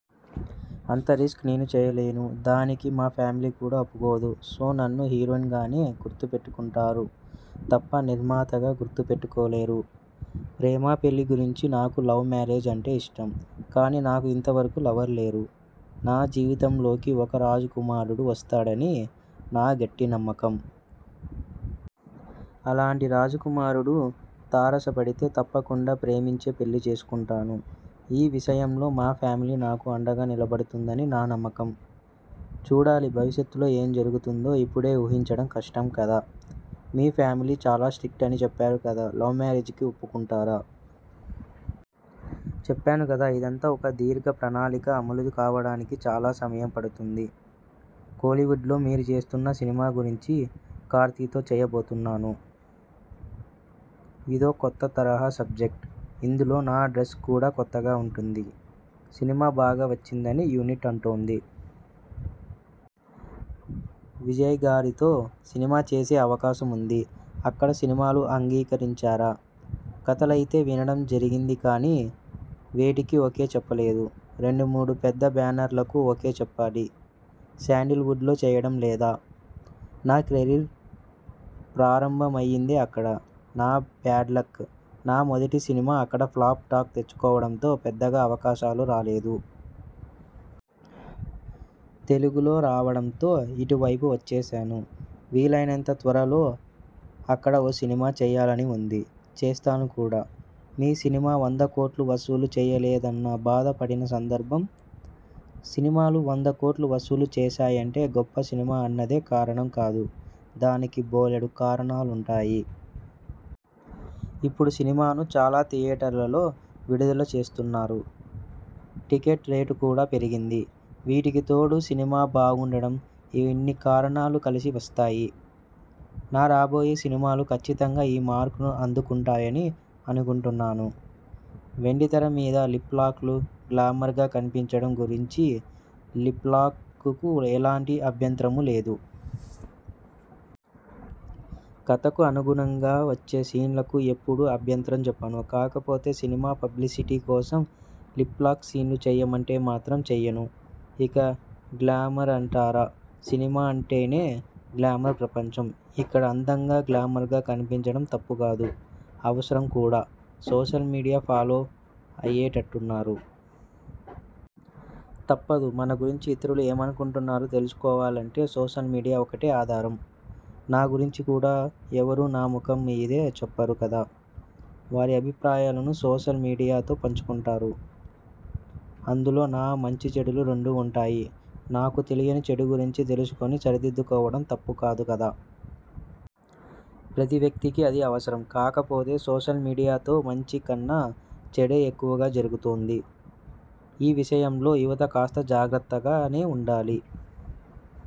అంత రిస్క్ నేను చేయలేను. దానికి మా ఫ్యామిలీ కూడా ఒప్పుకోదు. సో నన్ను హీరోయిన్గానే గుర్తు పెట్టుకుంటారు. తప్ప నిర్మాతగా గుర్తు పెట్టుకోలేరు. ప్రేమాపెళ్ళి గురించి నాకు లవ్ మ్యారేజ్ అంటే ఇష్టం. కానీ నాకు ఇంత వరకూ లవర్ లేరు. నా జీవితంలోకి ఓ రాజకుమారుడు వస్తాడని నా గట్టి నమ్మకం. అలాంటి రాజకుమారుడు తారసపడితే తప్పకుండా ప్రేమించే పెళ్ళి చేసుకుంటాను. ఈ విషయంలో మా ఫ్యామిలీ నాకు అండగా నిలబడుతుందని నా నమ్మకం. చూడాలి భవిష్యత్తులో ఏం జరుగుతుందో ఇప్పుడే ఊహించడం కష్టం కదా! మీ ఫ్యామిలీ చాలా స్ట్రిక్ట్ అని చెప్పారు కదా? లవ్ మ్యారేజీకి ఒప్పుకుంటారా? చెప్పాను కదా ఇదంతా ఓ దీర్ఘ ప్రణాళిక అమలు కావడానికి చాలా సమయం పడుతుంది. కోలీవుడ్లో మీరు చేస్తున్న సినిమా గురించి కార్తీతో చేయబోతున్నాను. ఇదో కొత్త తరహా సబ్జెక్ట్. ఇందులో నా డ్రెస్ కూడా కొత్తగా ఉంటుంది. సినిమా బాగా వచ్చిందని యూనిట్ అంటోంది. విజయ్గారితో సినిమా చేసే అవకాశం ఉంది. అక్కడ సినిమాలు అంగీకరించారా? కథలయితే వినడం జరిగింది కానీ, వేటికీ ఓకే చెప్పలేదు. రెండు మూడు పెద్ద బ్యానర్లకు ఓకే చెప్పాలి. శాండిల్వుడ్లో చేయడం లేదా? నా కెరీర్ ప్రారంభం అయిందే అక్కడ. నా బ్యాడ్లక్. నా మొదటి సినిమా అక్కడ ఫ్లాప్ టాక్ తెచ్చుకోవడంతో పెద్దగా అవకాశాలు రాలేదు. తెలుగులో రావడంతో ఇటు వైపువచ్చేశాను. వీలైనంత త్వరలో అక్కడ ఓ సినిమా చేయాలని ఉంది. చేస్తాను కూడా! మీ సినిమా వందకోట్లు వసూలు చేయలేదన్న బాధ పడిన సందర్భం? సినిమాలు వంద కోట్లు వసూలు చేశాయంటే గొప్ప సినిమా అన్నదే కారణం కాదు. దానికి బోలెడు కారణాలుంటాయి. ఇప్పుడు సినిమాను చాలా థియేటర్లలో విడుదల చేస్తున్నారు. టికెట్రేటు కూడా పెరిగింది. వీటికి తోడు సినిమా బాగుండడం. ఇన్ని కారణాలు కలిసి వస్తాయి. నా రాబోయే సినిమాలు కచ్చితంగా ఈ మార్కును అందుకుంటాయని అనుకుంటున్నాను. వెండితెర మీద లిప్లాక్లు, గ్లామర్గా కనిపించడం గురించిలి ప్లాక్లకు ఎలాంటి అభ్యంతరమూలేదు. కథకు అనుగుణంగా వచ్చే సీన్లకు ఎప్పుడూ అభ్యంతరం చెప్పను. కాకపోతే సినిమా పబ్లిసిటీ కోసం లిప్లాక్ సీన్లు చేయమంటే మాత్రం చేయను. ఇక గ్లామరంటారాసినిమా అంటేనే గ్లామర్ ప్రపంచం. ఇక్కడ అందంగా గ్లామర్గా కనిపించడం తప్పు కాదు. అవసరం కూడా! సోషల్ మీడియా ఫాలో అయ్యేటట్టున్నారు? తప్పదు. మన గురించి ఇతరులు ఏమనుకుంటున్నారో తెలుసుకోవాలంటే సోషల్ మీడియా ఒక్కటే ఆధారం. నా గురించి ఎవరూ నా ముఖం మీదే చెప్పరు కదా? వారి అభిప్రాయాలను సోషల్ మీడియాతో పంచుకుంటారు. అందులో నా మంచిచెడులు రెండూ ఉంటాయి. నాకు తెలియని చెడు గురించి తెలుసుకుని సరిదిద్దుకోవడం తప్పుకాదు కదా? ప్రతి వ్యక్తికి అది అవసరం. కాకపోతే సోషల్ మీడియాతో మంచి కన్నా చెడే ఎక్కువగా జరుగుతోంది. ఈ విషయంలో యువత కాస్త జాగ్రత్తగానే ఉండాలి.